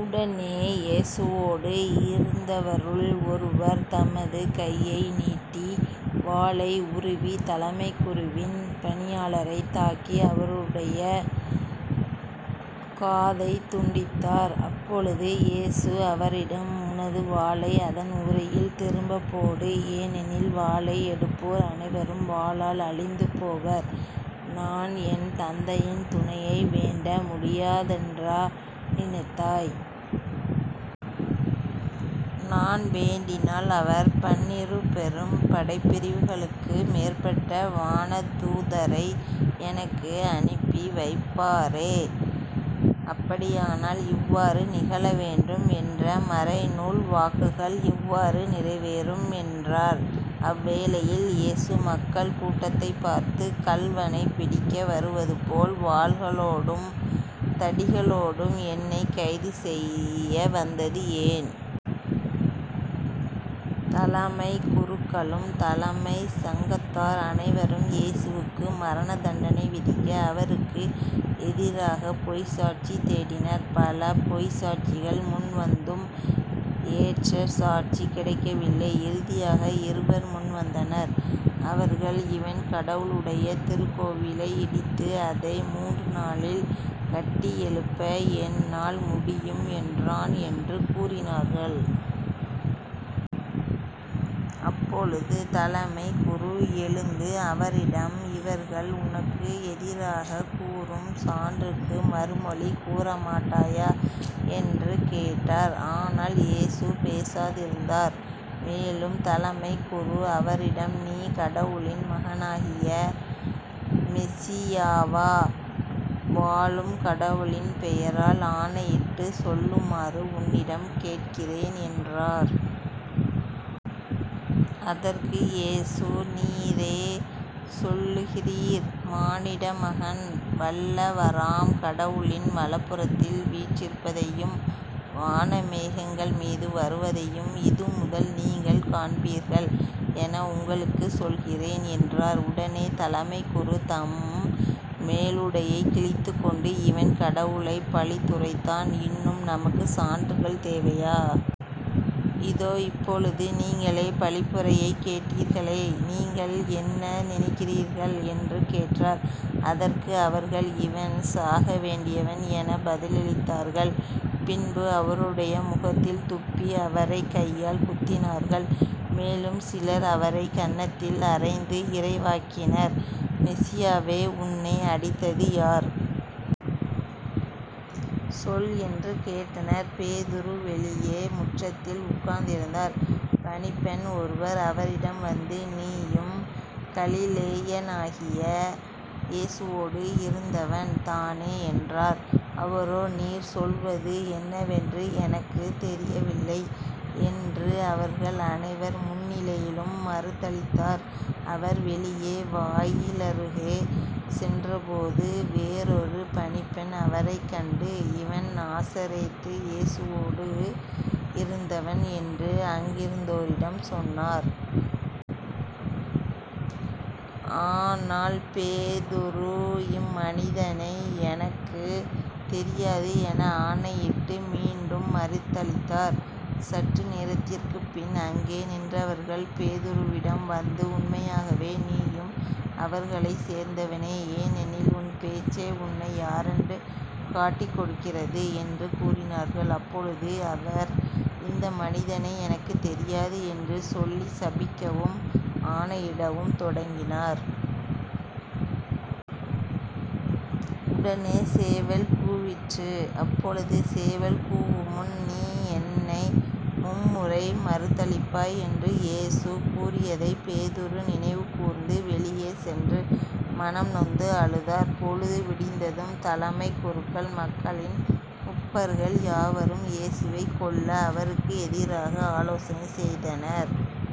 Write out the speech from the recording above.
உடனே இயேசுவோடு இருந்தவருள் ஒருவர் தமது கையை நீட்டி வாளை உருவித் தலைமைக் குருவின் பணியாளரைத் தாக்கி அவருடைய காதைத் துண்டித்தார். அப்பொழுது இயேசு அவரிடம் உனது வாளை அதன் உறையில் திரும்பப் போடு. ஏனெனில் வாளை எடுப்போர் அனைவரும் வாளால் அழிந்து போவர். நான் என் தந்தையின் துணையை வேண்ட முடியாதென்றா நினைத்தாய்? நான் வேண்டினால் அவர் பன்னிரு பெரும் படைப்பிரிவுகளுக்கு மேற்பட்ட வானதூதரை எனக்கு அனுப்பி வைப்பாரே. அப்படியானால் இவ்வாறு நிகழவேண்டும் என்ற மறைநூல் வாக்குகள் எவ்வாறு நிறைவேறும்? என்றார். அவ்வேளையில் இயேசு மக்கள் கூட்டத்தைப் பார்த்து கள்வனைப் பிடிக்க வருவதுபோல் வாள்களோடும் தடிகளோடும் என்னைக் கைதுசெய்ய வந்தது ஏன்? தலைமைக் குருக்களும் தலைமைச் சங்கத்தார் அனைவரும் இயேசுவுக்கு மரண தண்டனை விதிக்க அவருக்கு எதிராகப் பொய்ச் சாட்சி தேடினர். பல பொய்ச் சாட்சிகள் முன்வந்தும் ஏற்ற சாட்சி கிடைக்கவில்லை. இறுதியாக இருவர் முன்வந்தனர். அவர்கள் இவன் கடவுளுடைய திருக்கோவிலை இடித்து அதை முன்று நாளில் கட்டியெழுப்ப என்னால் முடியும் என்றான் என்று கூறினார்கள். அப்பொழுது தலைமைக் குரு எழுந்து அவரிடம் இவர்கள் உனக்கு எதிராகக் கூறும் சான்றுக்கு மறுமொழி கூறமாட்டாயா? என்று கேட்டார். ஆனால் இயேசு போசாதிருந்தார். மேலும் தலைமைக் குரு அவரிடம் நீ கடவுளின் மகனாகிய மெசியாவா? வாழும் கடவுளின் பெயரால் ஆணையிட்டுச் சொல்லுமாறு உன்னிடம் கேட்கிறேன் என்றார். அதற்கு இயேசு நீரே சொல்லுகிறீர் மானிட மகன் வல்லவராம் கடவுளின் வலப்புறத்தில் வீற்றிருப்பதையும் வான மேகங்கள்மீது வருவதையும் இதுமுதல் நீங்கள் காண்பீர்கள் என உங்களுக்குச் சொல்கிறேன் என்றார். உடனே தலைமைக் குரு தம் மேலுடையை கிழித்துக்கொண்டு இவன் கடவுளைப் பழித்துரைத்தான். இன்னும் நமக்குச் சான்றுகள் தேவையா? இதோ இப்பொழுது நீங்களே பழிப்புரையைக் கேட்டீர்களே. நீங்கள் என்ன நினைக்கிறீர்கள்? என்று கேட்டார். அதற்கு அவர்கள் இவன் சாக வேண்டியவன் எனப் பதிலளித்தார்கள். பின்பு அவருடைய முகத்தில் துப்பி அவரைக் கையால் குத்தினார்கள். மேலும் சிலர் அவரைக் கன்னத்தில் அறைந்து இறைவாக்கினர் மெசியாவே உன்னை அடித்தது யார்? சொல் என்று கேட்டனர். பேதுரு வெளியே முற்றத்தில் உட்கார்ந்திருந்தார். பணிப்பெண் ஒருவர் அவரிடம் வந்து நீயும் கலிலேயனாகிய இயேசுவோடு இருந்தவன் தானே என்றார். அவரோ நீர் சொல்வது என்னவென்று எனக்குத் தெரியவில்லை என்று அவர்கள் அனைவர் முன்னிலையிலும் மறுதலித்தார். அவர் வெளியே வாயிலருகே சென்றபோது வேறொரு பணிப்பெண் அவரைக் கண்டு இவன் நாசரேத்து இயேசுவோடு இருந்தவன் என்று அங்கிருந்தோரிடம் சொன்னார். ஆனால் பேதுரு இம்மனிதனை எனக்குத் தெரியாது என ஆணையிட்டு மீண்டும் மறுதலித்தார். சற்று நேரத்திற்குப்பின் அங்கே நின்றவர்கள் பேதுருவிடம் வந்து உண்மையாகவே நீயும் அவர்களைச் சேர்ந்தவனே ஏனெனில் உன் பேச்சே உன்னை யாரென்று காட்டிக்கொடுக்கிறது என்று கூறினார்கள். அப்பொழுது அவர் இந்த மனிதனை எனக்குத் தெரியாது என்று சொல்லிச் சபிக்கவும் ஆணையிடவும் தொடங்கினார். உடனே சேவல் கூவிற்று. அப்பொழுது சேவல் கூவுமுன் நீ என்னை மும்முறை மறுதலிப்பாய் என்று இயேசு கூறியதைப் பேதுரு நினைவுகூர்ந்து வெளியே சென்று மனம் நொந்து அழுதார். பொழுது விடிந்ததும் தலைமைக் குருக்கள் மக்களின் முப்பர்கள் யாவரும் இயேசுவைக் கொல்ல அவருக்கு எதிராக ஆலோசனை செய்தனர்.